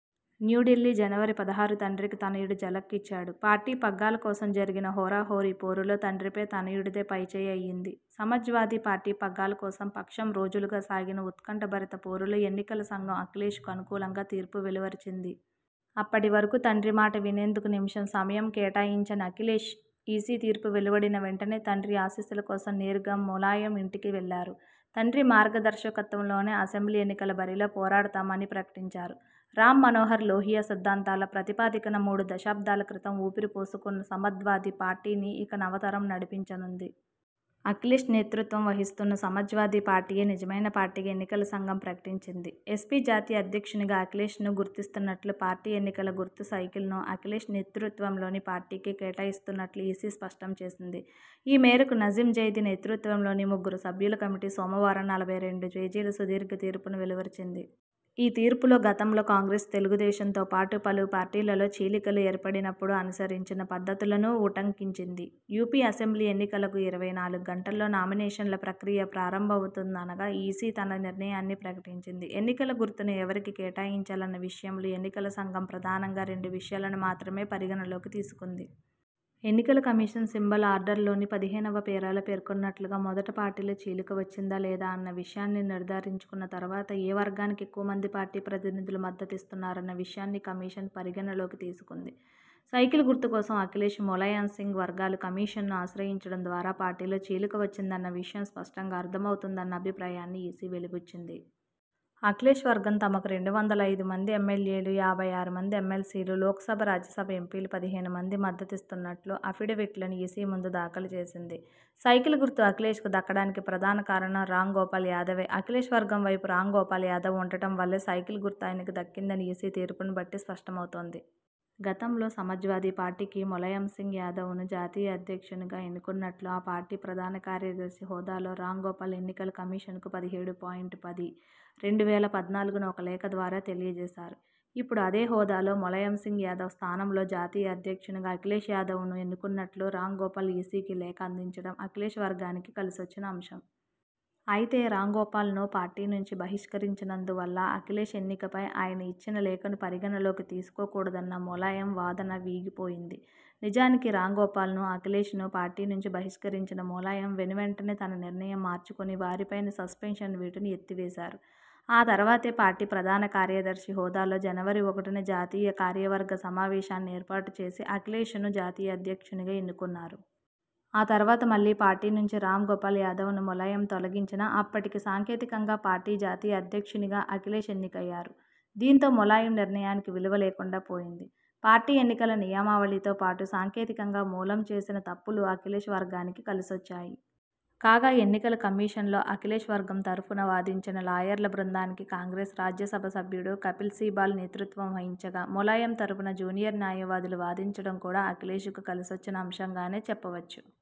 న్యూఢిల్లీ, జనవరి పదహారు తండ్రికి తనయుడు ఝలక్ ఇచ్చాడు. పార్టీ పగ్గాల కోసం జరిగిన హోరాహోరీ పోరులో తండ్రిపై తనయుడిదే పైచేయి అయింది. సమాజ్వాదీ పార్టీ పగ్గాల కోసం పక్షం రోజులుగా సాగిన ఉత్కంఠ భరిత పోరులో ఎన్నికల సంఘం అఖిలేశ్ కు అనుకూలంగా తీర్పు వెలువరించింది. అప్పటి వరకు తండ్రి మాట వినేందుకు నిమిషం సమయం కేటాయించని అఖిలేశ్, ఈసీ తీర్పు వెలువడిన వెంటనే తండ్రి ఆశీస్సుల కోసం నేరుగా ములాయం ఇంటికి వెళ్లారు. తండ్రి మార్గదర్శకత్వంలోనే అసెంబ్లీ ఎన్నికల బరిలో పోరాడుతామని ప్రకటించారు. రామ్ మనోహర్ లోహియా సిద్ధాంతాల ప్రాతిపదికన మూడు దశాబ్దాల క్రితం ఊపిరి పోసుకున్న సమాజ్వాది పార్టీని ఇక నవతరం నడిపించనుంది. అఖిలేశ్ నేతృత్వం వహిస్తున్న సమాజ్వాదీ పార్టీయే నిజమైన పార్టీగా ఎన్నికల సంఘం ప్రకటించింది. ఎస్పీ జాతీయ అధ్యక్షునిగా అఖిలేశ్ ను గుర్తిస్తున్నట్లు, పార్టీ ఎన్నికల గుర్తు సైకిల్ ను అఖిలేశ్ నేతృత్వంలోని పార్టీకే కేటాయిస్తున్నట్లు ఈసీ స్పష్టం చేసింది. ఈమేరకు నసీం జైదీ నేతృత్వంలోని ముగ్గురు సభ్యుల కమిటీ సోమవారం నలభై రెండు పేజీల సుదీర్ఘ తీర్పును వెలువరించింది. ఈ తీర్పులో గతంలో కాంగ్రెస్, తెలుగుదేశంతోపాటు పలు పార్టీలలో చీలికలు ఏర్పడినప్పుడు అనుసరించిన పద్ధతులనూ ఉటంకించింది. యూపీ అసెంబ్లీ ఎన్నికలకు ఇరవై నాలుగు గంటల్లో నామినేషన్ల ప్రక్రియ ప్రారంభమవుతుందనగా ఈసీ తన నిర్ణయాన్ని ప్రకటించింది. ఎన్నికల గుర్తును ఎవరికి కేటాయించాలన్న విషయంలో ఎన్నికల సంఘం ప్రధానంగా రెండు విషయాలను మాత్రమే పరిగణలోకి తీసుకుంది. ఎన్నికల కమిషన్ సింబల్ ఆర్డర్లోని పదిహేనువ పేరాలో పేర్కొన్నట్లుగా మొదట పార్టీలో చీలిక వచ్చిందా? లేదా? అన్న విషయాన్ని నిర్ధారించుకున్న తర్వాత ఏ వర్గానికి ఎక్కువ మంది పార్టీ ప్రతినిధులు మద్దతు ఇస్తున్నారన్న విషయాన్ని కమిషన్ పరిగణలోకి తీసుకుంది. సైకిల్ గుర్తు కోసం అఖిలేశ్, ములాయంసింగ్ వర్గాలు కమిషన్ను ఆశ్రయించడం ద్వారా పార్టీలో చీలిక వచ్చిందన్న విషయం స్పష్టంగా అర్ధమవుతుందన్న అభిప్రాయాన్ని ఈసీ వెలిబుచ్చింది. అఖిలేశ్ వర్గం తమకు రెండు వందల ఐదు మంది ఎమ్మెల్యేలు, యాభై ఆరు మంది ఎమ్మెల్సీలు, లోక్సభ, రాజ్యసభ ఎంపీలు పదిహేను మంది మద్దతునిస్తున్నట్లు అఫిడవిట్లను ఈసీ ముందు దాఖలు చేసింది. సైకిల్ గుర్తు అఖిలేశ్ కు దక్కడానికి ప్రధాన కారణం రాంగోపాల్ యాదవే. అఖిలేశ్ వర్గం వైపు రాంగోపాల్ యాదవ్ ఉండటం వల్లే సైకిల్ గుర్తు ఆయనకు దక్కిందని ఈసీ తీర్పును బట్టి స్పష్టమవుతోంది. గతంలో సమాజ్వాది పార్టీకి ములాయంసింగ్ యాదవ్ ను జాతీయ అధ్యక్షునిగా ఎన్నుకున్నట్లు ఆ పార్టీ ప్రధాన కార్యదర్శి హోదాలో రాంగోపాల్ ఎన్నికల కమిషన్కు పదిహేడు పాయింట్ పది.రెండు వేల పద్నాలుగున ఒక లేఖ ద్వారా తెలియ జేశారు. ఇప్పుడు అదే హోదాలో ములాయంసింగ్ యాదవ్ స్థానంలో జాతీయ అధ్యక్షునిగా అఖిలేశ్ యాదవ్ను ఎన్నుకున్నట్లు రాంగోపాల్ ఈసీకి లేఖ అందించడం అఖిలేశ్ వర్గానికి కలిసొచ్చిన అంశం. అయితే రాంగోపాల్ను పార్టీ నుంచి బహిష్కరించినందు వల్ల అఖిలేశ్ ఎన్నికపై ఆయన ఇచ్చిన లేఖను పరిగణలోకి తీసుకోకూడదన్న ములాయం వాదన వీగిపోయింది. నిజానికి రాంగోపాల్ను, అఖిలేశ్ ను పార్టీ నుంచి బహిష్కరించిన ములాయం వెనువెంటనే తన నిర్ణయం మార్చుకొని వారిపైన సస్పెన్షన్ వేటును ఎత్తివేశారు. ఆ తర్వాతే పార్టీ ప్రధాన కార్యదర్శి హోదాలో జనవరి ఒకటిన జాతీయ కార్యవర్గ సమావేశాన్ని ఏర్పాటు చేసి అఖిలేశ్ ను జాతీయ అధ్యక్షునిగా ఎన్నుకున్నారు. ఆ తర్వాత మళ్లీ పార్టీ నుంచి రాంగోపాల్ యాదవ్ ను ములాయం తొలగించినా అప్పటికి సాంకేతికంగా పార్టీ జాతీయ అధ్యక్షునిగా అఖిలేశ్ ఎన్నికయ్యారు. దీంతో ములాయం నిర్ణయానికి విలువ లేకుండా పోయింది. పార్టీ ఎన్నికల నియమావళితో పాటు సాంకేతికంగా ములాం చేసిన తప్పులు అఖిలేశ్ వర్గానికి కలిసొచ్చాయి. కాగా ఎన్నికల కమిషన్లో అఖిలేశ్ వర్గం తరఫున వాదించిన లాయర్ల బృందానికి కాంగ్రెస్ రాజ్యసభ సభ్యుడు కపిల్సిబాల్ నేతృత్వం వహించగా, ములాయం తరపున జూనియర్ న్యాయవాదులు వాదించడం కూడా అఖిలేశ్ కు కలిసొచ్చిన అంశంగానే చెప్పవచ్చు.